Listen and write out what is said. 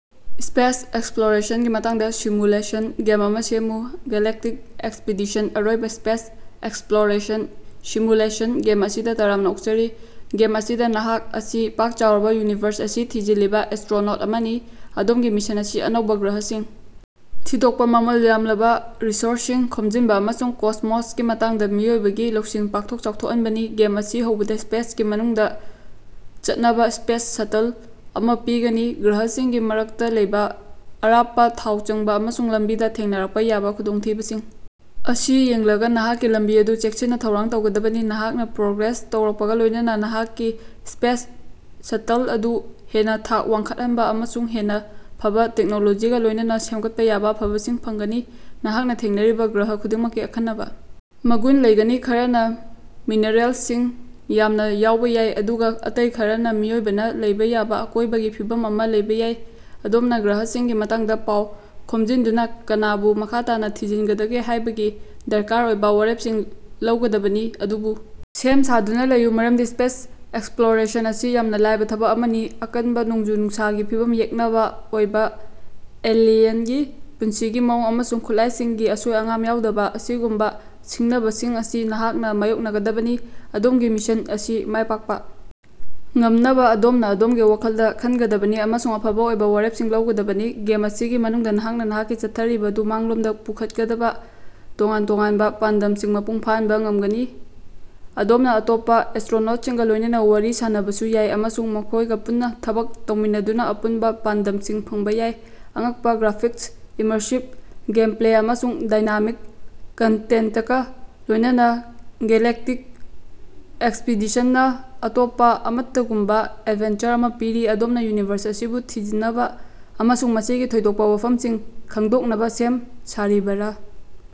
Space ꯑꯦꯛꯁꯄ꯭ꯂꯣꯔꯦꯁꯟꯒꯤ ꯃꯇꯥꯡꯗ simulation game ꯑꯃ ꯁꯦꯝꯃꯨ꯫ "ꯒꯦꯂꯦꯛꯇꯤꯛ ꯑꯦꯛꯁꯄꯤꯗꯤꯁꯟ" ꯑꯔꯣꯏꯕ ꯁ꯭ꯄꯦꯁ ꯑꯦꯛꯁꯄ꯭ꯂꯣꯔꯦꯁꯟ ꯁꯤꯃꯨꯂꯦꯁꯟ ꯒꯦꯝ ꯑꯁꯤꯗ ꯇꯔꯥꯝꯅꯥ ꯑꯣꯛꯆꯔꯤ꯫ ꯒꯦꯝ ꯑꯁꯤꯗ ꯅꯍꯥꯛ ꯑꯁꯤ ꯄꯥꯛ ꯆꯥꯎꯔꯕ ꯌꯨꯅꯤꯚꯔꯁ ꯑꯁꯤ ꯊꯤꯖꯤꯜꯂꯤꯕ ꯑꯦꯁꯇ꯭ꯔꯣꯅꯣꯠ ꯑꯃꯅꯤ꯫ ꯑꯗꯣꯝꯒꯤ ꯃꯤꯁꯟ ꯑꯁꯤ ꯑꯅꯧꯕ ꯒ꯭ꯔꯍꯁꯤꯡ ꯊꯤꯗꯣꯛꯄ ꯃꯃꯜ ꯌꯥꯝꯂꯕ ꯔꯤꯁꯣꯔꯁꯁꯤꯡ ꯈꯣꯝꯖꯤꯟꯕ ꯑꯃꯁꯨꯡ ꯀꯣꯁꯃꯣꯁꯀꯤ ꯃꯇꯥꯡꯗ ꯃꯤꯑꯣꯏꯕꯒꯤ ꯂꯧꯁꯤꯡ ꯄꯥꯛꯊꯣꯛ ꯆꯥꯎꯊꯣꯛꯍꯟꯕꯅꯤ꯫ ꯒꯦꯝ ꯑꯁꯤ ꯍꯧꯕꯗꯥ ꯁ꯭ꯄꯦꯁꯀꯤ ꯃꯅꯨꯡꯗꯥ ꯆꯠꯅꯕ ꯁ꯭ꯄꯦꯁ ꯁꯇꯜ ꯑꯃ ꯄꯤꯒꯅꯤ꯫ ꯒ꯭ꯔꯍꯁꯤꯡꯒꯤ ꯃꯔꯛꯇ ꯂꯩꯕꯥ ꯑꯔꯥꯞꯄ ꯊꯥꯎ ꯆꯪꯕ ꯑꯃꯁꯨꯡ ꯂꯝꯕꯤꯗ ꯊꯦꯡꯅꯔꯛꯄ ꯌꯥꯕ ꯈꯨꯗꯣꯡꯊꯤꯕꯁꯤꯡ ꯑꯁꯤ ꯌꯦꯡꯂꯒ ꯅꯍꯥꯛꯀꯤ ꯂꯝꯕꯤ ꯑꯗꯨ ꯆꯦꯛꯁꯤꯟꯅ ꯊꯧꯔꯥꯡ ꯇꯧꯒꯗꯕꯅꯤ꯫ ꯅꯍꯥꯛꯅ ꯄ꯭ꯔꯣꯒ꯭ꯔꯦꯁ ꯇꯧꯔꯛꯄꯒ ꯂꯣꯢꯅꯥꯅ ꯅꯍꯥꯛꯀꯤ ꯁ꯭ꯄꯦꯁ ꯁꯇꯜ ꯑꯗꯨ ꯍꯦꯟꯅ ꯊꯥꯛ ꯋꯥꯡꯈꯠꯍꯟꯕ ꯑꯃꯁꯨꯡ ꯍꯦꯟꯅ ꯐꯕꯥ ꯇꯦꯛꯅꯣꯂꯣꯖꯤꯒ ꯂꯣꯢꯅꯅꯥ ꯁꯦꯝꯒꯠꯄ ꯌꯥꯕꯥ ꯑꯐꯕꯁꯤꯡ ꯐꯪꯒꯅꯤ꯫ ꯅꯍꯥꯛꯅ ꯊꯦꯡꯅꯔꯤꯕ ꯒ꯭ꯔꯍ ꯈꯨꯗꯤꯡꯃꯛꯀꯤ ꯑꯈꯟꯅꯕ ꯃꯒꯨꯟ ꯂꯩꯒꯅꯤ: ꯈꯔꯅ ꯃꯤꯅꯔꯦꯜꯁꯤꯡ ꯌꯥꯝꯅ ꯌꯥꯎꯕ ꯌꯥꯏ ꯑꯗꯨꯒ ꯑꯇꯩ ꯈꯔꯅ ꯃꯤꯑꯣꯏꯕꯅ ꯂꯩꯕ ꯌꯥꯕ ꯑꯀꯣꯢꯕꯒꯤ ꯐꯤꯕꯝ ꯑꯃ ꯂꯩꯕꯥ ꯌꯥꯏ꯫ ꯑꯗꯣꯝꯅ ꯒ꯭ꯔꯍꯁꯤꯡꯒꯤ ꯃꯇꯥꯡꯗ ꯄꯥꯎ ꯈꯣꯝꯖꯤꯟꯗꯨꯅ ꯀꯅꯥꯕꯨ ꯃꯈꯥ ꯇꯥꯅꯥ ꯊꯤꯖꯤꯟꯒꯗꯒꯦ ꯍꯥꯢꯕꯒꯤ ꯗꯔꯀꯥꯔ ꯑꯣꯏꯕꯥ ꯋꯥꯔꯦꯞꯁꯤꯡ ꯂꯧꯒꯗꯕꯅꯤ꯫ ꯑꯗꯨꯕꯨ ꯁꯦꯝ ꯁꯥꯗꯨꯅ ꯂꯩꯌꯨ ꯃꯔꯝꯗꯤ ꯁ꯭ꯄꯦꯁ ꯑꯦꯛꯁꯄ꯭ꯂꯣꯔꯦꯁꯟ ꯑꯁꯤ ꯌꯥꯝꯅ ꯂꯥꯏꯕ ꯊꯕꯛ ꯑꯃꯅꯤ꯫ ꯑꯀꯟꯕ ꯅꯣꯡꯖꯨ-ꯅꯨꯡꯁꯥꯒꯤ ꯐꯤꯚꯝ ꯌꯦꯛꯅꯕꯥ ꯑꯣꯏꯕꯥ ꯑꯦꯂꯤꯌꯟꯒꯤ ꯄꯨꯟꯁꯤꯒꯤ ꯃꯑꯣꯡ ꯑꯃꯁꯨꯡ ꯈꯨꯠꯂꯥꯢꯁꯤꯡꯒꯤ ꯑꯁꯣꯏ-ꯑꯉꯥꯝ ꯌꯥꯎꯗꯕ ꯑꯁꯤꯒꯨꯝꯕ ꯁꯤꯡꯅꯕꯁꯤꯡ ꯑꯁꯤ ꯅꯍꯥꯛꯅꯥ ꯃꯥꯌꯣꯛꯅꯒꯗꯕꯅꯤ꯫ ꯑꯗꯣꯝꯒꯤ ꯃꯤꯁꯟ ꯑꯁꯤ ꯃꯥꯢ ꯄꯥꯛꯄ ꯉꯝꯅꯕ ꯑꯗꯣꯝꯅ ꯑꯗꯣꯝꯒꯤ ꯋꯥꯈꯜꯗ ꯈꯟꯒꯗꯕꯅꯤ ꯑꯃꯁꯨꯡ ꯑꯐꯕ ꯑꯣꯏꯕ ꯋꯥꯔꯦꯞꯁꯤꯡ ꯂꯧꯒꯗꯕꯅꯤ꯫ ꯒꯦꯝ ꯑꯁꯤꯒꯤ ꯃꯅꯨꯡꯗ ꯅꯍꯥꯛꯅ ꯅꯍꯥꯛꯀꯤ ꯆꯠꯊꯔꯤꯕ ꯑꯗꯨ ꯃꯥꯡꯂꯣꯝꯗ ꯄꯨꯈꯠꯀꯗꯕꯥ ꯇꯣꯉꯥꯟ ꯇꯣꯉꯥꯟꯕ ꯄꯥꯟꯗꯝꯁꯤꯡ ꯃꯄꯨꯡ ꯐꯥꯍꯟꯕ ꯉꯝꯒꯅꯤ꯫ ꯑꯗꯣꯝꯅ ꯑꯇꯣꯞꯄ ꯑꯦꯁꯇ꯭ꯔꯣꯅꯣꯠꯁꯤꯡꯒꯥ ꯂꯣꯢꯅꯅꯥ ꯋꯥꯔꯤ ꯁꯥꯅꯕꯁꯨ ꯌꯥꯏ ꯑꯃꯁꯨꯡ ꯃꯈꯣꯢꯒ ꯄꯨꯟꯅ ꯊꯕꯛ ꯇꯧꯃꯤꯟꯅꯗꯨꯅ ꯑꯄꯨꯟꯕ ꯄꯥꯟꯗꯝꯁꯤꯡ ꯐꯪꯕꯥ ꯌꯥꯏ꯫ ꯑꯉꯛꯄ ꯒ꯭ꯔꯥꯐꯤꯛꯁ, ꯏꯃꯔꯁꯤꯕ ꯒꯦꯝꯄ꯭ꯂꯦ ꯑꯃꯁꯨꯡ ꯗꯥꯏꯅꯥꯃꯤꯛ ꯀꯟꯇꯦꯟꯇꯀ ꯂꯣꯢꯅꯅꯥ "ꯒꯦꯂꯦꯛꯇꯤꯛ ꯑꯦꯛꯁꯄꯤꯗꯤꯁꯟ"ꯅꯥ ꯑꯇꯣꯞꯄꯥ ꯑꯃꯠꯇꯒꯨꯝꯕꯥ ꯑꯦꯗꯚꯦꯟꯆꯔ ꯑꯃꯥ ꯄꯤꯔꯤ꯫ ꯑꯗꯣꯝꯅꯥ ꯌꯨꯅꯤꯚꯔꯁ ꯑꯁꯤꯕꯨ ꯊꯤꯖꯤꯟꯅꯕꯥ ꯑꯃꯁꯨꯡ ꯃꯁꯤꯒꯤ ꯊꯣꯏꯗꯣꯛꯄ ꯋꯥꯐꯝꯁꯤꯡ ꯈꯡꯗꯣꯛꯅꯕ ꯁꯦꯝ ꯁꯥꯔꯤꯕꯔꯥ?